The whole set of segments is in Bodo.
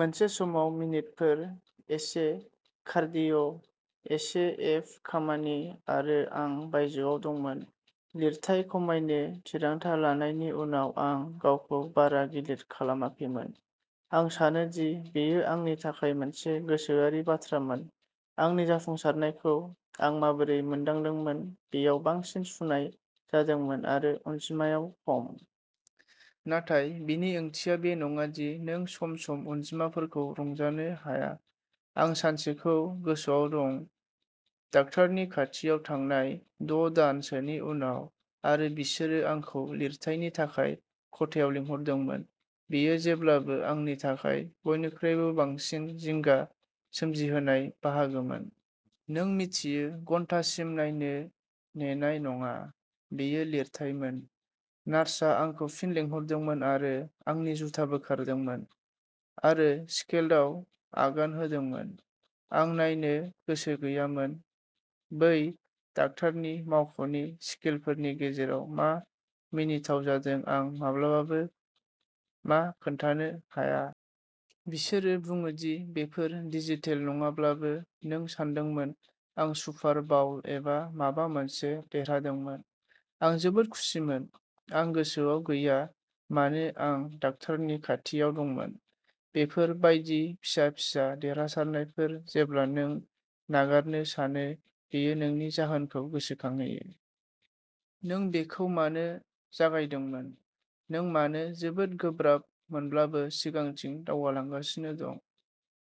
मोनसे समाव मिनिटफोर। एसे कारडिय', एसे एब खामानि आरो आं बायजोआव दंमोन। लिरथाय खमायनो थिरांथा लानायनि उनाव आं गावखौ बारा गिलिर खालामाखैमोन। आं सानोदि बेयो आंनि थाखाय मोनसे गोसोआरि बाथ्रामोन। आंनि जाफुंसारनायखौ आं माबोरै मोनदांदोंमोन बेयाव बांसिन सुनाय जादोंमो आरो अनजिमायाव खम। नाथाय बेनि ओंथिया बे नङा दि नों सम-सम अनजिमाफोरखौ रंजानो हाया। आं सानसेखौ गोसोआव दं। दाकतारनि खाथियाव थांनाय द’ दान सोनि उनाव आरो बिसोरो आंखौ लिरथायनि थाखाय खथायाव लिंहरदोंमोन। बेयो जेब्लाबो आंनि थाखाय बयनिख्रुइबो बांसिन जिंगा सोमजिहोनाय बाहागोमोन। नों मिथियो घन्टासिम नायनो नेनाय नङा। बेयो लिरथायमोन। नार्सआ आंखौ फिन लिंहरदोंमोन आरो आंनि जुथा बोखारदोंमोन आरो स्केलआव आगान होदोंमोन। आं नायनो गोसो गैयामोन। बै दाकतारनि मावख'नि स्केलफोरनि गेजेराव मा मिनिथाव जादों आं माब्लाबाबो मा खोनथानो हाया। बिसोरो बुङो दि बेफोर डिजिटेल नङाब्लाबो। नों सानदोंमोन आं सुपार बाउल एबा माबा मोनसे देरहादोंमोन। आं जोबोद खुसिमोन। आं गोसोआव गैया मानो आं डाक्टारनि खाथियाव दंमोन। बेफोर बायदि फिसा फिसा देरहासारनायफोर जेब्ला नों नागारनो सानो बेयो नोंनि जाहोनखौ गोसोखांहोयो। नों बेखौ मानो जागायदोंमोन। नों मानो जोबोद गोब्राब मोनब्लाबो सिगांथिं दावगालांगासिनो दं।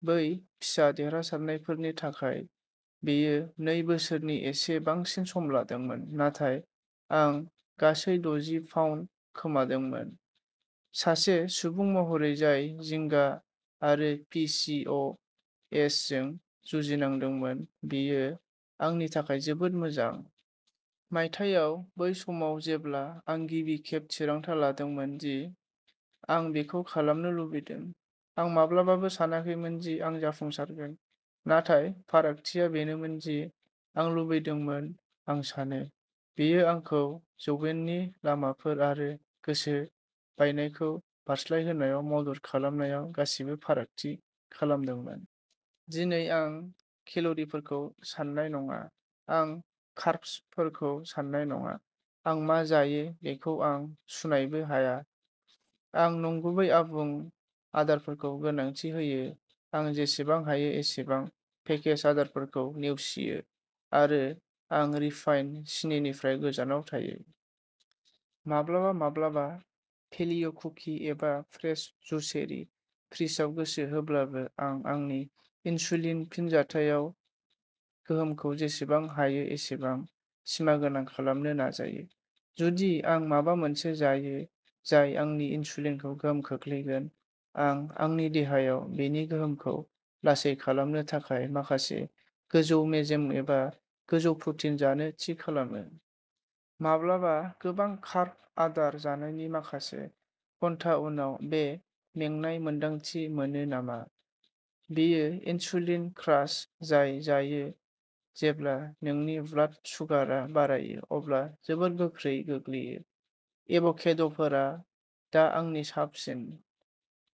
बै फिसा देरहासारनायफोरनि थाखाय। बेयो नै बोसोरनि एसे बांसिन सम लादोंमोन। नाथाय आं गासै दजि पाउन्द खोमादोंमोन। सासे सुबुं महरै जाय जिंगा आरो पि चि अ एस जों जुजिनांदोंमोन बेयो आंनि थाखाय जोबोद मोजां। मायथाइयाव बै समाव जेब्ला आं गिबि खेब थिरांथा लादोंमोन दि आं बेखौ खालामनो लुबैदों। आं माब्लाबाबो सानाखैमोनदि आं जाफुंसारगोन। नाथाय फारागथिया बेनोमोनदि आं लुबैदोंमोन। आं सानो, बेयो आंखौ जौयेननि लामाफोर आरो गोसो बायनायखौ बारस्लायहोनायाव मदद खालामनायाव गासैबो फारागथि खालामदोंमोन। दिनै आं केल'रिफोरखौ साननाय नङा। आं कार्बसफोरखौ साननाय नङा। आं मा जायो बेखौ आं सुनायबो हाया। आं नंगुबै आबुं आदारफोरखौ गोनांथि होयो। आं जेसेबां हायो एसेबां पेकेज आदारफोरखौ नेवसियो आरो आं रिफाइन्ड सिनिनिफ्राय गोजानाव थायो। माब्लाबा-माब्लाबा पेलिय'कुकि एबा प्रेस्ड जुसेरि फ्रिजआव गोसो होब्लाबो आं आंनि इनसुलिन फिनजाथायाव गोहोमखौ जेसेबां हायो एसेबां सिमागोनां खालामनो नाजायो। जुदि आं माबा मोनसे जायो जाय आंनि इनसुलिनखौ गोहोम खोख्लैगोन। आं आंनि देहायाव बेनि गोहोमखौ लासै खालामनो थाखाय माखासे गोजौ मेजेम एबा गोजौ प्रटिन जानो थि खालामो। माब्लाबा गोबां कार्ब आदार जानायनि माखासे घन्टा उनाव बे मेंनाय मोन्दांथि मोनो नामा? बेयो इनसुलिन क्रास जाय जायो जेब्ला नोंनि ब्लाड सुगारआ बारायो अब्ला जोबोद गोख्रै गोग्लैयो। एभ'केड'फोरा दा आंनि साबसिन।